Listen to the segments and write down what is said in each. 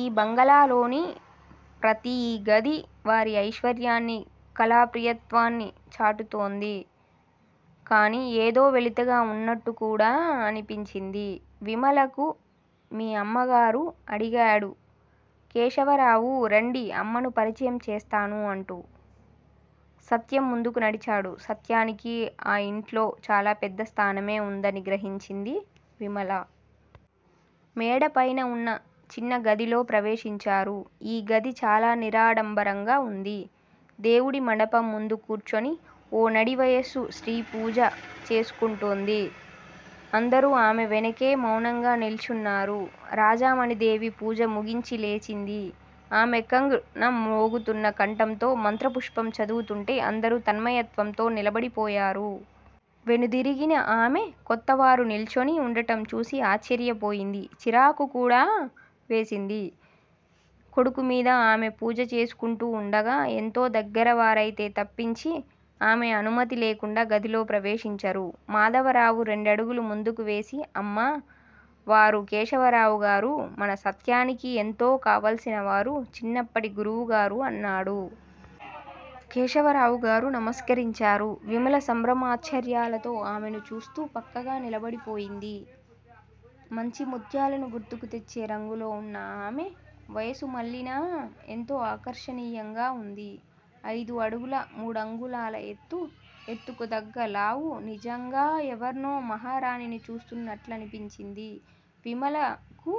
ఈ బంగళాలోని ప్రతీ గదీ వారి ఐశ్వర్యాన్ని, కళాప్రియత్వాన్నీ చాటుతోంది. కాని ఏదో వెలితిగా వున్నట్టుకూడా అనిపించింది విమలకు. మీ అమ్మగారు? అడిగాడు కేశవరావు. రండి అమ్మను పరిచయం చేస్తాను అంటూ సత్యం ముందుకు నడిచాడు. సత్యానికి ఆ ఇంట్లో చాలా పెద్ద స్థానమే ఉందని గ్రహించింది విమల. మేడపైన ఉన్న చిన్నగదిలో ప్రవేశించారు. ఈ గది చాలా నిరాడంబరంగా ఉంది. దేవుడి మండపం ముందు కూర్చొని ఓ నడివయస్సు స్త్రీ పూజ చేసుకుంటోంది. అందరూ ఆమె వెనకే మౌనంగా నిల్చున్నారు. రాజమణీదేవి పూజ ముగించి లేచింది. ఆమె ఖంగ్ న మ్రోగుతున్న కంఠంతో మంత్రపుష్పం చదువుతుంటే అందరూ తన్మయత్వంతో నిలబడిపోయారు. వెనుదిరిగిన ఆమె, కొత్తవారు నిల్చొని ఉండటంచూసి ఆశ్చర్యపోయింది. చిరాకుకూడా వేసింది కొడుకుమీద. ఆమె పూజ చేసుకుంటూ ఉండగా ఎంతో దగ్గరవారైతే తప్పించి ఆమె అనుమతి లేకుండా గదిలో ప్రవేశించరు. మాధవరావు రెండడుగులు ముందుకువేసి అమ్మా! వారు కేశవరావుగారు. మన సత్యానికి ఎంతో కావల్సినవారు. చిన్నప్పటి గురువుగారు అన్నాడు. కేశవరావుగారు నమస్కరించారు. విమల సంభ్రమాశ్చర్యాలతో ఆమెనుచూస్తూ పక్కగా నిలబడిపోయింది. మంచి ముత్యాలను గుర్తుకుతెచ్చే రంగులో ఉన్న ఆమె, వయస్సుమళ్ళినా ఎంతో ఆకర్షణీయంగా ఉంది. ఐదు అడుగుల మూడంగుళాల ఎత్తు, ఎత్తుకుతగ్గ లావూ, నిజంగా ఎవర్నో మహారాణిని చూస్తున్నట్లనిపించింది విమలకు.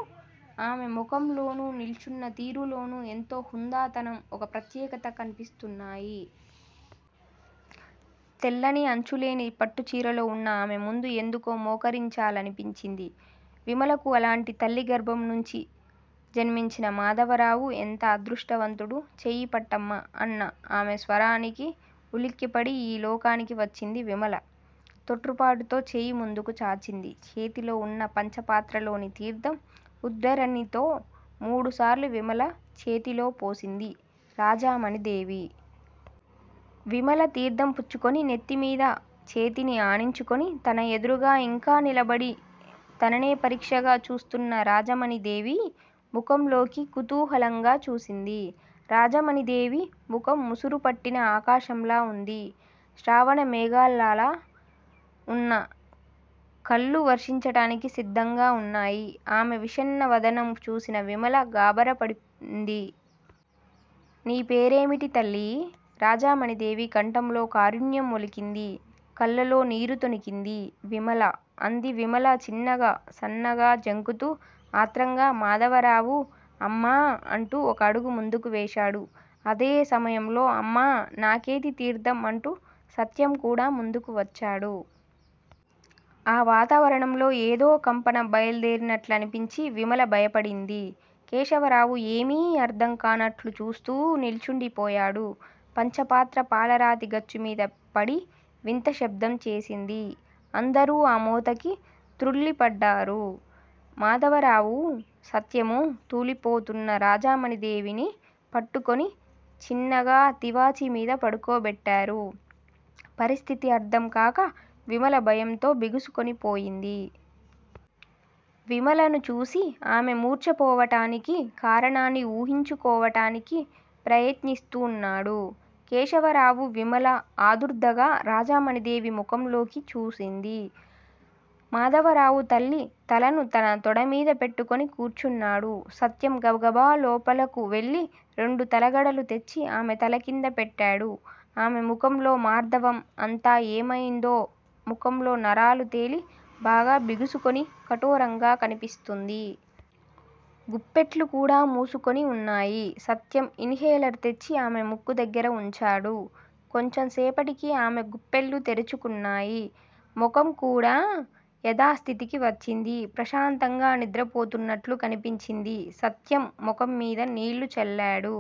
ఆమె ముఖంలోనూ, నిల్చున్న తీరులోనూ ఎంతో హుందాతనం, ఒక ప్రత్యేకత కనిపిస్తున్నాయి. తెల్లని అంచులేని పట్టుచీరలో ఉన్న ఆమెముందు ఎందుకో మోకరించాలనిపించింది విమలకు. అలాంటి తల్లి గర్భంనుంచి జన్మించిన మాధవరావు ఎంత అదృష్టవంతుడు! చెయ్యి పట్టమ్మా! అన్న ఆమె స్వరానికి ఉలిక్కిపడి ఈ లోకంలోకి వచ్చింది విమల. తొట్రుపాటుతో చెయ్యి ముందుకు చాచింది. చేతిలోవున్న పంచపాత్రలోని తీర్ధం ఉద్డరణితో మూడుసార్లు విమల చేతిలో పోసింది రాజమణీదేవి. విమల తీర్ధం పుచ్చుకొని నెత్తిమీద చేతిని ఆనించుకొని తన ఎదురుగా ఇంకా నిలబడి తననే పరీక్షగా చూస్తున్న రాజమణీదేవి ముఖంలోకి కుతూహలంగా చూసింది. రాజమణీదేవి ముఖం ముసురుపట్టిన ఆకాశంలా ఉంది. శ్రావణమేఘాలలా ఉన్న ఆ కళ్ళు వర్షించటానికి సిద్ధంగా ఉన్నాయి. ఆమె విషణ్ణ వదనం చూసిన విమల గాబరాపడింది. నీ పేరేమిటి తల్లీ? రాజమణీదేవి కంఠంలో కారుణ్యం ఒలికింది, కళ్ళలో నీరు తొణికింది. విమల! అంది విమల చిన్నగా, సన్నగా, జంకుతూ. ఆత్రంగా మాధవరావు అమ్మా! అంటూ ఒక అడుగు ముందుకు వేశాడు. అదే సమయంలో అమ్మా! నాకేదీ తీర్ధం? అంటూ సత్యంకూడా ముందుకు వచ్చాడు. ఆ వాతావరణంలో ఏదో కంపన బయలుదేరినట్లనిపించి విమల భయపడింది. కేశవరావు ఏమీ అర్ధంకానట్లు చూస్తూ నిల్చుండిపోయాడు. పంచపాత్ర పాలరాతి గచ్చుమీద పడి వింతశబ్దం చేసింది. అందరూ ఆ మోతకి తృళ్ళిపడ్డారు. మాధవరావూ, సత్యమూ తూలిపోతున్న రాజమణీదేవిని పట్టుకొని చిన్నగా తివాచీమీద పడుకోబెట్టారు. పరిస్థితి అర్ధంకాక విమల భయంతో బిగుసుకొనిపోయింది. విమలను చూసి ఆమె మూర్ఛపోవటానికి కారణాన్ని ఊహించుకోవటానికి ప్రయత్నిస్తూన్నాడు కేశవరావు. విమల ఆదుర్దాగా రాజమణీదేవి ముఖంలోకి చూసింది. మాధవరావు తల్లి తలను తన తొడమీద పెట్టుకొని కూర్చున్నాడు. సత్యం గబగబా లోపలకువెళ్ళి రెండు తలగడలు తెచ్చి ఆమె తలకింద పెట్టాడు. ఆమె ముఖంలో మార్దవం అంతా ఏమయిందో- ముఖంలో నరాలు తేలి, బాగా బిగుసుకొని కఠోరంగా కనిపిస్తుంది. గుప్పెట్లుకూడా మూసుకొని ఉన్నాయి. సత్యం ఇన్ హేలర్ తెచ్చి ఆమె ముక్కుదగ్గర ఉంచాడు. కొంచెం సేపటికి ఆమె గుప్పెళ్ళు తెరుచుకున్నాయి ముఖంకూడా యధాస్థితికి వచ్చింది. ప్రశాంతంగా నిద్రపోతున్నట్లు కనిపించింది. సత్యం ముఖంమీద నీళ్ళు చల్లాడు.